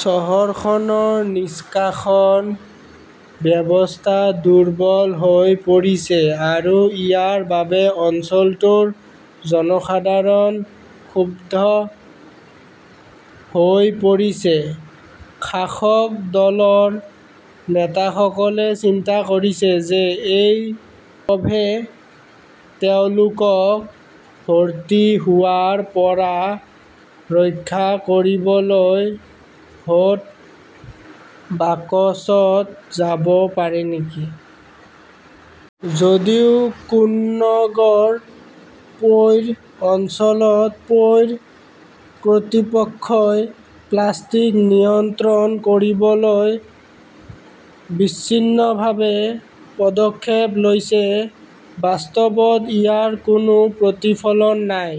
চহৰখনৰ নিষ্কাশন ব্যৱস্থা দুৰ্বল হৈ পৰিছে আৰু ইয়াৰ বাবেই অঞ্চলটোৰ জনসাধাৰণ ক্ষুব্ধ হৈ পৰিছে। শাসক দলৰ নেতাসকলে চিন্তা কৰিছে যে এই ক্ষোভে তেওঁলোকক ভৰ্তি হোৱাৰ পৰা ৰক্ষা কৰিবলৈ ভোট বাকচত যাব পাৰে নেকি? যদিও কোন্নগৰ পৌৰ অঞ্চলত পৌৰ কৰ্তৃপক্ষই প্লাষ্টিক নিয়ন্ত্ৰণ কৰিবলৈ বিচ্ছিন্নভাৱে পদক্ষেপ লৈছে, বাস্তৱত ইয়াৰ কোনো প্ৰতিফলন নাই।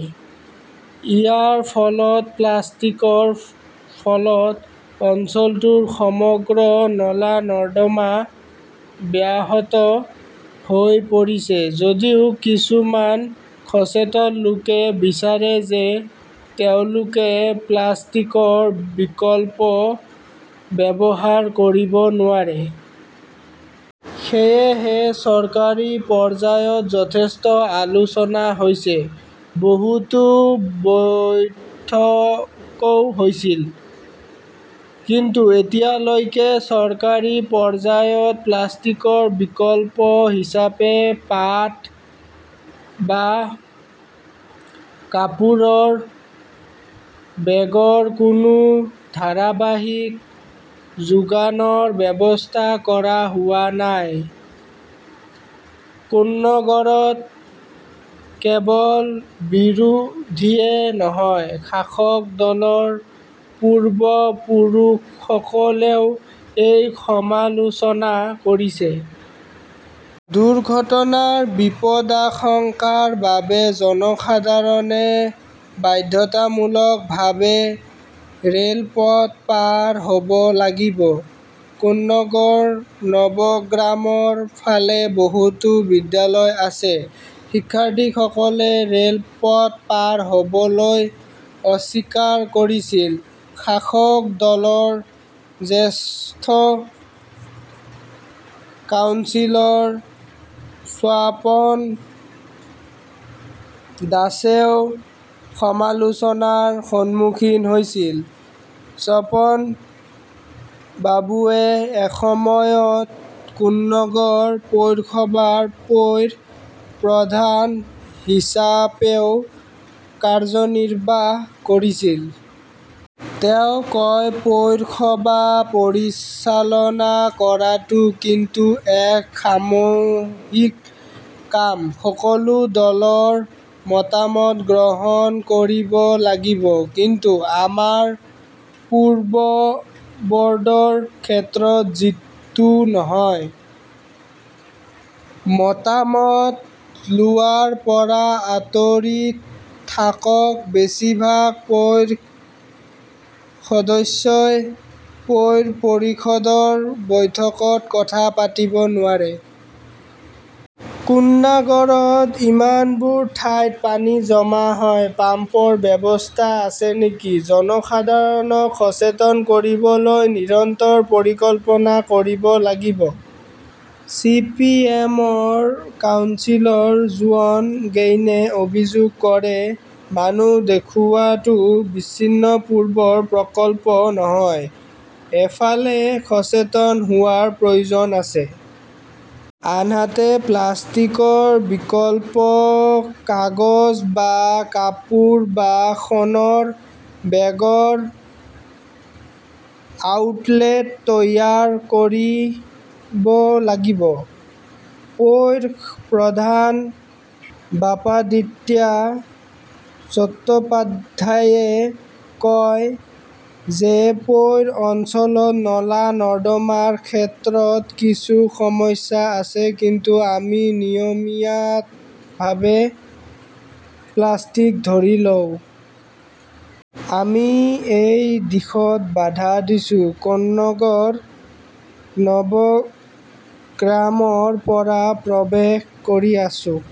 ইয়াৰ ফলত প্লাষ্টিকৰ ফলত অঞ্চলটোৰ সমগ্ৰ নলা-নৰ্দমা ব্যাহত হৈ পৰিছে। যদিও কিছুমান সচেতন লোকে বিচাৰে যে তেওঁলোকে প্লাষ্টিকৰ বিকল্প ব্যৱহাৰ কৰিব নোৱাৰে। সেয়েহে চৰকাৰী পৰ্যায়ত যথেষ্ট আলোচনা হৈছে। বহুতো বৈঠকও হৈছিল। কিন্তু এতিয়ালৈকে চৰকাৰী পৰ্যায়ত প্লাষ্টিকৰ বিকল্প হিচাপে পাট বা কাপোৰৰ বেগৰ কোনো ধাৰাবাহিক যোগানৰ ব্যৱস্থা কৰা হোৱা নাই। কোন্নগৰত কেৱল বিৰোধীয়ে নহয়, শাসক দলৰ পূৰ্বপুৰুষসকলেও এই সমালোচনা কৰিছে। দুৰ্ঘটনাৰ বিপদাশংকাৰ বাবে জনসাধাৰণে বাধ্যতামূলকভাৱে ৰে'লপথ পাৰ হ'ব লাগিব। কোন্নগৰ নৱগ্ৰামৰ ফালে বহুতো বিদ্যালয় আছে। শিক্ষাৰ্থীসকলে ৰে'লপথ পাৰ হ'বলৈ অস্বীকাৰ কৰিছিল। শাসক দলৰ জ্যেষ্ঠ কাউন্সিলৰ স্বপন দাসেও সমালোচনাৰ সন্মুখীন হৈছিল। স্বপনবাবুৱে এসময়ত কোন্নগৰ পৌৰসভাৰ পৌৰ প্ৰধান হিচাপেও কাৰ্যনিৰ্বাহ কৰিছিল। তেওঁ কয়, পৌৰসভা পৰিচালনা কৰাটো কিন্তু এক সামূহিক কাম, সকলো দলৰ মতামত গ্ৰহণ কৰিব লাগিব। কিন্তু আমাৰ পূৰ্ববৰ্ডৰ ক্ষেত্ৰত যিটো নহয়। মতামত লোৱাৰ পৰা আঁতৰি থাকক বেছিভাগ পৌৰ সদস্যই পৌৰ পৰিষদৰ বৈঠকত কথা পাতিব নোৱাৰে। কুন্নাগৰত ইমানবোৰ ঠাইত পানী জমা হয় পাম্পৰ ব্যৱস্থা আছে নেকি? জনসাধাৰণক সচেতন কৰিবলৈ নিৰন্তৰ পৰিকল্পনা কৰিব লাগিব। চি. পি. এম. -ৰ কাউন্সিলৰ যুৱন গেইনে অভিযোগ কৰে মানুহ দেখুওৱাটো বিচ্ছিন্ন পূৰ্বৰ প্ৰকল্প নহয়, এফালে সচেতন হোৱাৰ প্ৰয়োজন আছে। আনহাতে, প্লাষ্টিকৰ বিকল্প কাগজ বা কাপোৰ বা শণৰ বেগৰ আউটলেট তৈয়াৰ কৰিব লাগিব। পৌৰ প্ৰধান বাপাদিত্যা চট্টোপাধ্যাইয়ে কয় যে পৌৰ অঞ্চলত নলা-নৰ্দমাৰ ক্ষেত্ৰত কিছু সমস্যা আছে । কিন্তু আমি নিয়মিতভাৱে প্লাষ্টিক ধৰি লওঁ। আমি এই দিশত বাধা দিছোঁ, কোন্নগৰ নৱগ্ৰামৰ পৰা প্ৰৱেশ কৰি আছোঁ।